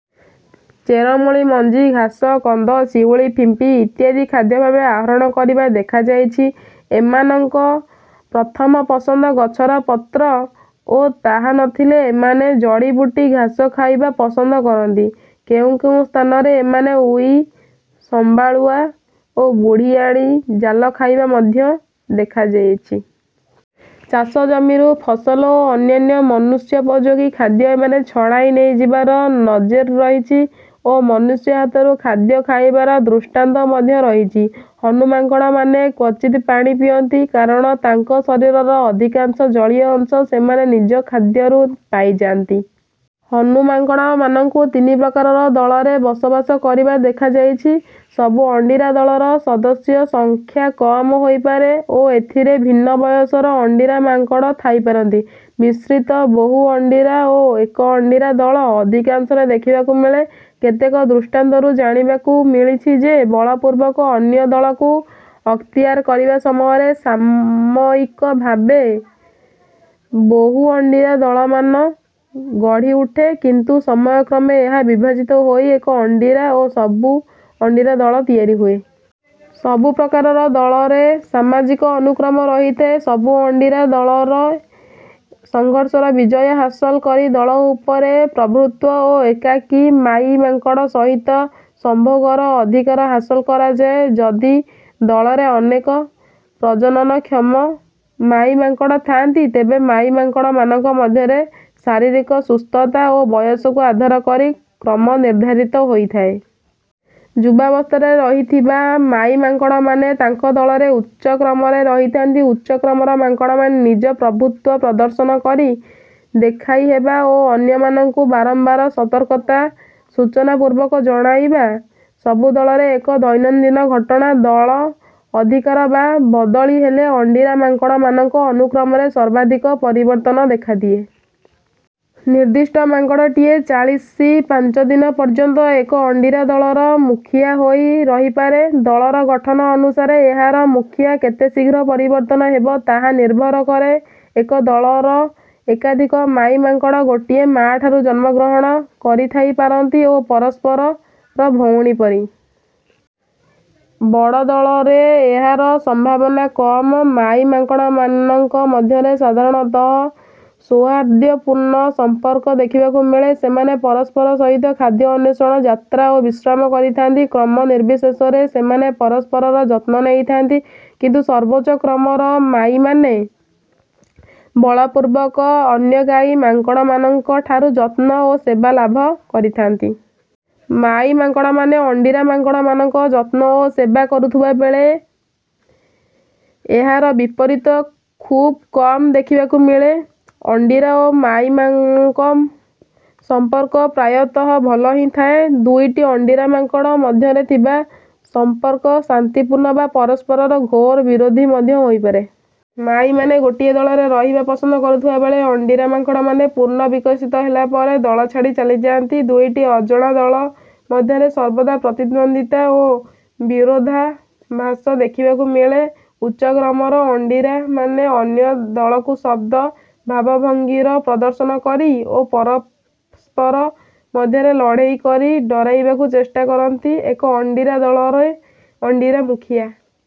ଚେରମୂଳ, ମଞ୍ଜି, ଘାସ, କନ୍ଦ, ଶିଉଳି, ଫିମ୍ପି ଇତ୍ୟାଦି ଖାଦ୍ୟ ଭାବେ ଆହରଣ କରିବା ଦେଖାଯାଇଛି। ଏମାନଙ୍କ ପ୍ରଥମ ପସନ୍ଦ ଗଛର ପତ୍ର ଓ ତାହା ନ ଥିଲେ ଏମାନେ ଜଡ଼ିବୁଟି, ଘାସ ଖାଇବା ପସନ୍ଦ କରନ୍ତି। କେଉଁ କେଉଁ ସ୍ଥାନରେ ଏମାନେ ଉଇ, ସମ୍ବାଳୁଆ ଓ ବୁଢ଼ିଆଣୀ ଜାଲ ଖାଇବା ମଧ୍ୟ ଦେଖାଯାଇଛି। ଚାଷ ଜମିରୁ ଫସଲ ଓ ଅନ୍ୟାନ୍ୟ ମନୁଷ୍ୟୋପଯୋଗୀ ଖାଦ୍ୟ ଏମାନେ ଛଡ଼ାଇ ନେଇଯିବାର ନଜିର ରହିଛି ଓ ମନୁଷ୍ୟ ହାତରୁ ଖାଦ୍ୟ ଖାଇବାର ଦୃଷ୍ଟାନ୍ତ ମଧ୍ୟ ରହିଛି। ହନୁ ମାଙ୍କଡ଼ମାନେ କ୍ୱଚିତ ପାଣି ପିଅନ୍ତି କାରଣ ତାଙ୍କ ଶରୀରର ଅଧିକାଂଶ ଜଳୀୟ ଅଂଶ ସେମାନେ ନିଜ ଖାଦ୍ୟରୁ ପାଇଯାନ୍ତି। ହନୁ ମାଙ୍କଡ଼ମାନଙ୍କୁ ତିନି ପ୍ରକାରର ଦଳରେ ବସବାସ କରିବା ଦେଖାଯାଇଛି ସବୁ ଅଣ୍ଡିରା ଦଳର ସଦସ୍ୟ ସଂଖ୍ୟା କମ ହୋଇପାରେ ଓ ଏଥିରେ ଭିନ୍ନ ବୟସର ଅଣ୍ଡିରା ମାଙ୍କଡ଼ ଥାଇପାରନ୍ତି। ମିଶ୍ରିତ ବହୁ ଅଣ୍ଡିରା ଓ ଏକ ଅଣ୍ଡିରା ଦଳ ଅଧିକାଂଶରେ ଦେଖିବାକୁ ମିଳେ। କେତେକ ଦୃଷ୍ଟାନ୍ତରୁ ଜାଣିବାକୁ ମିଳିଛି ଯେ ବଳପୂର୍ବକ ଅନ୍ୟ ଦଳକୁ ଅକ୍ତିଆର କରିବା ସମୟରେ ସାମୟିକ ଭାବେ ବହୁ ଅଣ୍ଡିରା ଦଳମାନ ଗଢ଼ିଉଠେ କିନ୍ତୁ ସମୟକ୍ରମେ ଏହା ବିଭାଜିତ ହୋଇ ଏକ ଅଣ୍ଡିରା ଓ ସବୁ ଅଣ୍ଡିରା ଦଳ ତିଆରି ହୁଏ। ସବୁ ପ୍ରକାରର ଦଳରେ ସାମାଜିକ ଅନୁକ୍ରମ ରହିଥାଏ। ସବୁ-ଅଣ୍ଡିରା ଦଳରେ ସଂଘର୍ଷରେ ବିଜୟ ହାସଲ କରି ଦଳ ଉପରେ ପ୍ରଭୁତ୍ୱ ଓ ଏକାକୀ ମାଈ ମାଙ୍କଡ଼ ସହିତ ସମ୍ଭୋଗର ଅଧିକାର ହାସଲ କରାଯାଏ। ଯଦି ଦଳରେ ଅନେକ ପ୍ରଜନନକ୍ଷମ ମାଈ ମାଙ୍କଡ଼ ଥାନ୍ତି, ତେବେ ମାଈ ମାଙ୍କଡ଼ମାନଙ୍କ ମଧ୍ୟରେ ଶାରୀରିକ ସୁସ୍ଥତା ଓ ବୟସକୁ ଆଧାର କରି କ୍ରମ ନିର୍ଦ୍ଧାରିତ ହୋଇଥାଏ। ଯୁବାବସ୍ଥାରେ ରହିଥିବା ମାଈ ମାଙ୍କଡ଼ମାନେ ତାଙ୍କ ଦଳରେ ଉଚ୍ଚ କ୍ରମରେ ରହିଥାନ୍ତି। ଉଚ୍ଚ କ୍ରମର ମାଙ୍କଡ଼ମାନେ ନିଜ ପ୍ରଭୁତ୍ୱ ପ୍ରଦର୍ଶନ କରି ଦେଖାଇହେବା ଓ ଅନ୍ୟମାନଙ୍କୁ ବାରମ୍ବାର ସତର୍କତା ସୂଚନାପୂର୍ବକ ଜଣାଇବା ସବୁ ଦଳରେ ଏକ ଦୈନନ୍ଦିନ ଘଟଣା। ଦଳ ଅଧିକାର ବା ବଦଳି ହେଲେ ଅଣ୍ଡିରା ମାଙ୍କଡ଼ମାନଙ୍କ ଅନୁକ୍ରମରେ ସର୍ବାଧିକ ପରିବର୍ତ୍ତନ ଦେଖାଦିଏ। ନିର୍ଦ୍ଦିଷ୍ଟ ମାଙ୍କଡ଼ଟିଏ ଚାଳିଶି ପାଞ୍ଚ ଦିନ ପର୍ଯ୍ୟନ୍ତ ଏକ-ଅଣ୍ଡିରା ଦଳର ମୁଖିଆ ହୋଇ ରହିପାରେ। ଦଳର ଗଠନ ଅନୁସାରେ ଏହାର ମୁଖିଆ କେତେ ଶୀଘ୍ର ପରିବର୍ତ୍ତନ ହେବ ତାହା ନିର୍ଭର କରେ। ଏକ ଦଳର ଏକାଧିକ ମାଈ ମାଙ୍କଡ଼ ଗୋଟିଏ ମା'ଠାରୁ ଜନ୍ମଗ୍ରହଣ କରିଥାଇପାରନ୍ତି ଓ ପରସ୍ପରର ଭଉଣୀ ପରି। ବଡ଼ ଦଳରେ ଏହାର ସମ୍ଭାବନା କମ। ମାଈ ମାଙ୍କଡ଼ମାନଙ୍କ ମଧ୍ୟରେ ସାଧାରଣତଃ ସୌହାର୍ଦ୍ଦ୍ୟପୂର୍ଣ୍ଣ ସମ୍ପର୍କ ଦେଖିବାକୁ ମିଳେ। ସେମାନେ ପରସ୍ପର ସହିତ ଖାଦ୍ୟ ଅନ୍ୱେଷଣ, ଯାତ୍ରା ଓ ବିଶ୍ରାମ କରିଥାନ୍ତି। କ୍ରମ ନିର୍ବିଶେଷରେ ସେମାନେ ପରସ୍ପରର ଯତ୍ନ ନେଇଥାନ୍ତି। କିନ୍ତୁ ସର୍ବୋଚ୍ଚ କ୍ରମର ମାଈମାନେ ବଳପୂର୍ବକ ଅନ୍ୟ ମାଈ ମାଙ୍କଡ଼ମାନଙ୍କଠାରୁ ଯତ୍ନ ଓ ସେବା ଲାଭ କରିଥାନ୍ତି। ମାଈ ମାଙ୍କଡ଼ମାନେ ଅଣ୍ଡିରା ମାଙ୍କଡ଼ମାନଙ୍କ ଯତ୍ନ ଓ ସେବା କରୁଥିବା ବେଳେ ଏହାର ବିପରୀତ ଖୁବ କମ ଦେଖିବାକୁ ମିଳେ। ଅଣ୍ଡିରା ଓ ମାଈମାନଙ୍କ ସମ୍ପର୍କ ପ୍ରାୟତଃ ଭଲ ହିଁ ଥାଏ। ଦୁଇଟି ଅଣ୍ଡିରା ମାଙ୍କଡ଼ ମଧ୍ୟରେ ଥିବା ସମ୍ପର୍କ ଶାନ୍ତିପୂର୍ଣ୍ଣ ବା ପରସ୍ପରର ଘୋର ବିରୋଧୀ ମଧ୍ୟ ହୋଇପାରେ। ମାଈମାନେ ଗୋଟିଏ ଦଳରେ ରହିବା ପସନ୍ଦ କରୁଥିବା ବେଳେ ଅଣ୍ଡିରା ମାଙ୍କଡ଼ମାନେ ପୂର୍ଣ୍ଣ ବିକଶିତ ହେଲା ପରେ ଦଳ ଛାଡ଼ି ଚାଲିଯାଆନ୍ତି। ଦୁଇଟି ଅଜଣା ଦଳ ମଧ୍ୟରେ ସର୍ବଦା ପ୍ରତିଦ୍ୱନ୍ଦ୍ୱିତା ଓ ବିରୋଧାଭାସ ଦେଖିବାକୁ ମିଳେ। ଉଚ୍ଚ କ୍ରମର ଅଣ୍ଡିରାମାନେ ଅନ୍ୟ ଦଳକୁ ଶବ୍ଦ, ଭାବଭଙ୍ଗୀର ପ୍ରଦର୍ଶନ କରି ଓ ପରସ୍ପର ମଧ୍ୟରେ ଲଢ଼େଇ କରି ଡରାଇବାକୁ ଚେଷ୍ଟା କରନ୍ତି। ଏକ ଅଣ୍ଡିରା ଦଳରେ ଅଣ୍ଡିରା ମୁଖିଆ